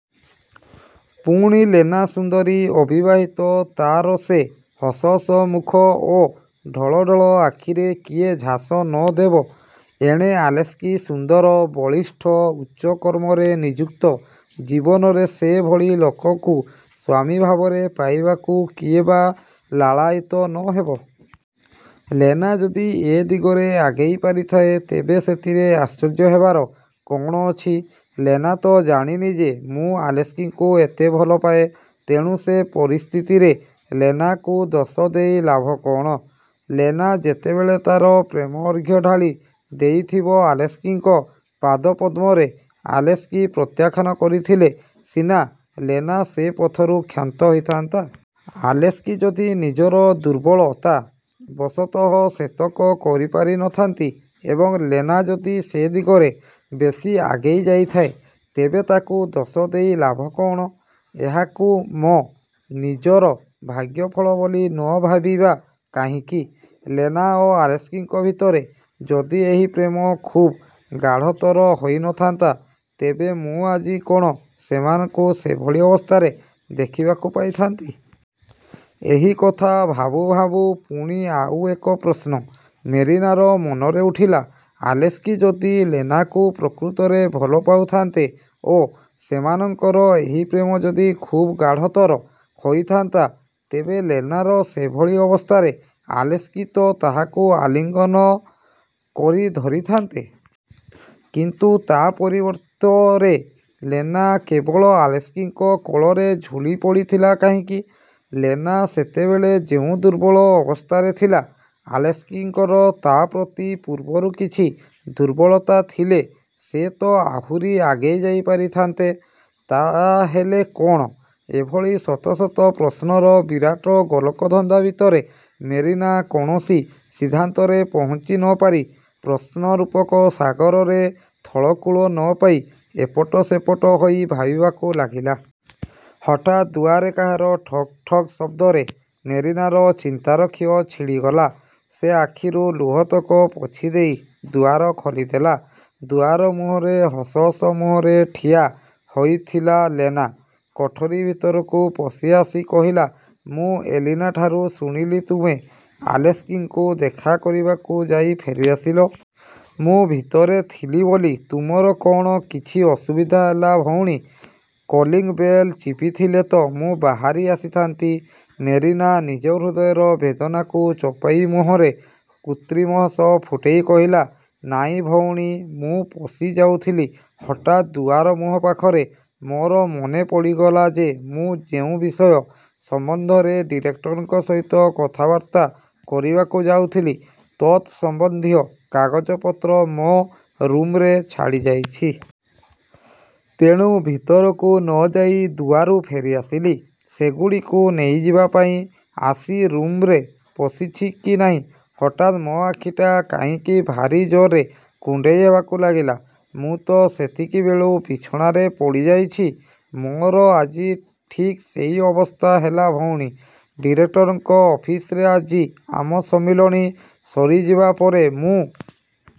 ପୁଣି ଲେନା ସୁନ୍ଦରୀ, ଅବିବାହିତା, ତା'ର ସେ ହସହସ ମୁଖ ଓ ଢଳଢଳ ଆଖିରେ କିଏ ଝାସ ନ ଦେବ? ଏଣେ ଆଲେସ୍କି ସୁନ୍ଦର, ବଳିଷ୍ଠ, ଉଚ୍ଚ କର୍ମରେ ନିଯୁକ୍ତ। ଜୀବନରେ ସେ ଭଳି ଲୋକକୁ ସ୍ୱାମୀ ଭାବରେ ପାଇବାକୁ କିଏ ବା ଲାଳାୟିତ ନ ହେବ? ଲେନା ଯଦି ଏ ଦିଗରେ ଆଗେଇ ପାରିଥାଏ, ତେବେ ସେଥିରେ ଆଶ୍ଚର୍ଯ୍ୟ ହେବାର କ'ଣ ଅଛି? ଲେନା ତ ଜାଣିନି ଯେ ମୁଁ ଆଲେସ୍କିଙ୍କୁ ଏତେ ଭଲ ପାଏ। ତେଣୁ ସେ ପରିସ୍ଥିତିରେ ଲେନାକୁ ଦୋଷ ଦେଇ ଲାଭ କଅଣ? ଲେନା ଯେତେବେଳେ ତା'ର ପ୍ରେମଅର୍ଘ୍ୟ ଢାଳି ଦେଇଥିବ ଆଲେସ୍କିଙ୍କ ପାଦପଦ୍ମରେ, ଆଲେସ୍କି ପ୍ରତ୍ୟାଖ୍ୟାନ କରିଥିଲେ ସିନା ଲେନା ସେ ପଥରୁ କ୍ଷାନ୍ତ ହୋଇଥାନ୍ତା। ଆଲେସ୍କି ଯଦି ନିଜର ଦୁର୍ବଳତାବଶତଃ ସେତକ କରି ପାରି ନ ଥାନ୍ତି ଏବଂ ଲେନା ଯଦି ସେ ଦିଗରେ ବେଶୀ ଆଗେଇ ଯାଇଥାଏ, ତେବେ ତାକୁ ଦୋଷ ଦେଇ ଲାଭ କଅଣ? ଏହାକୁ ମୋ ନିଜର ଭାଗ୍ୟଫଳ ବୋଲି ନ ଭାବି ବା କାହିଁକି? ଲେନା ଓ ଆଲେସ୍କିଙ୍କ ଭିତରେ ଯଦି ଏହି ପ୍ରେମ ଖୁବ୍ ଗାଢ଼ତର ହୋଇ ନ ଥାନ୍ତା, ତେବେ ମୁଁ ଆଜି କ'ଣ ସେମାନଙ୍କୁ ସେଭଳି ଅବସ୍ଥାରେ ଦେଖିବାକୁ ପାଇଥାନ୍ତି? ' ଏହି କଥା ଭାବୁଁ ଭାବୁଁ ପୁଣି ଆଉ ଏକ ପ୍ରଶ୍ନ ମେରିନାର ମନରେ ଉଠିଲା, 'ଆଲେସ୍କି ଯଦି ଲେନାକୁ ପ୍ରକୃତରେ ଭଲ ପାଉଥାନ୍ତେ ଓ ସେମାନଙ୍କର ଏହି ପ୍ରେମ ଯଦି ଖୁବ୍ ଗାଢ଼ତର ହୋଇଥାନ୍ତା, ତେବେ ଲେନାର ସେଭଳି ଅବସ୍ଥାରେ ଆଲେସ୍କି ତ ତାହାକୁ ଆଲିଙ୍ଗନ କରି ଧରିଥାନ୍ତେ? କିନ୍ତୁ ତା'ପରିବର୍ତ୍ତରେ ଲେନା କେବଳ ଆଲେସ୍କିଙ୍କ କୋଳରେ ଝୁଲିପଡ଼ିଥିଲା କାହିଁକି-? ଲେନା ସେତେବେଳେ ଯେଉଁ ଦୁର୍ବଳ ଅବସ୍ଥାରେ ଥିଲା, ଆଲେସ୍କିଙ୍କର ତା'ପ୍ରତି ପୂର୍ବରୁ କିଛି ଦୁର୍ବଳତା ଥିଲେ, ସେତ ଆହୁରି ଆଗେଇଯାଇ ପାରିଥାନ୍ତେ! ତାହେଲେ କ'ଣ? ' ଏଭଳି ଶତ ଶତ ପ୍ରଶ୍ନର ବିରାଟ ଗୋଲକଧନ୍ଦା ଭିତରେ ମେରିନା କୌଣସି ସିଦ୍ଧାନ୍ତରେ ପହଞ୍ଚି ନ ପାରି ପ୍ରଶ୍ନରୂପକ ସାଗରରେ ଥଳକୂଳ ନ ପାଇ ଏପଟ ସେପଟ ହୋଇ ଭାବିବାକୁ ଲାଗିଲା। ହଠାତ୍ ଦୁଆରେ କାହାର ଠକ୍ ଠକ୍ ଶବ୍ଦରେ ମେରିନାର ଚିନ୍ତାର ଖିଅ ଛିଡ଼ିଗଲା। ସେ ଆଖିରୁ ଲୁହତକ ପୋଛିଦେଇ ଦୁଆର ଖୋଲିଦେଲା। ଦୁଆର ମୁହଁରେ ହସହସ ମୁହଁରେ ଠିଆ ହୋଇଥିଲା ଲେନା। କୋଠରି ଭିତରକୁ ପଶିଆସି କହିଲା-''ମୁଁ ଏଲିନାଠାରୁ ଶୁଣିଲି ତୁମେ। ଆଲେସ୍କିଙ୍କୁ ଦେଖାକରିବାକୁ ଯାଇ ଫେରିଆସିଲ? ମୁଁ ଭିତରେ ଥିଲି ବୋଲି ତୁମର କ'ଣ କିଛି ଅସୁବିଧା ହେଲା ଭଉଣୀ? କଲିଙ୍ଗ୍ ବେଲ୍ ଚିପିଥିଲେ ତ ମୁଁ ବାହାରି ଆସିଥାନ୍ତି। '' ମେରିନା ନିଜ ହୃଦୟର ବେଦନାକୁ ଚପାଇ ମୁହଁରେ କୃତ୍ରିମ ହସ ଫୁଟାଇ କହିଲା, ''ନାଇଁ ଭଉଣୀ, ମୁଁ ପଶିଯାଉଥିଲି, ହଠାତ୍ ଦୁଆରମୁହଁ ପାଖରେ ମୋର ମନେ ପଡ଼ିଗଲା ଯେ ମୁଁ ଯେଉଁ ବିଷୟ ସମ୍ବନ୍ଧରେ ଡିରେକ୍ଟରଙ୍କ ସହିତ କଥାବାର୍ତ୍ତା କରିବାକୁ ଯାଉଥିଲି ତତ୍ସମ୍ବନ୍ଧୀୟ କାଗଜପତ୍ର ମୋ ରୁମ୍ରେ ଛାଡ଼ିଯାଇଛି। ତେଣୁ ଭିତରକୁ ନ ଯାଇ ଦୁଆରୁ ଫେରିଆସିଲି ସେଗୁଡ଼ିକୁ ନେଇଯିବାପାଇଁ। ଆସି ରୁମ୍ରେ ପଶିଛି କି ନାହିଁ, ହଠାତ୍ ମୋ ଆଖିଟା କାହିଁକି ଭାରି ଜୋରରେ କୁଣ୍ଡାଇ ହେବାକୁ ଲାଗିଲା। ମୁଁ ତ ସେତିକି ବେଳୁ ବିଛଣାରେ ପଡ଼ିଯାଇଛି। '' ''ମୋର ଆଜି ଠିକ୍ ସେଇ ଅବସ୍ଥା ହେଲା ଭଉଣୀ। ଡିରେକ୍ଟରଙ୍କ ଅଫିସରେ ଆଜି ଆମ ସମ୍ମିଳନୀ ସରିଯିବା ପରେ, ମୁଁ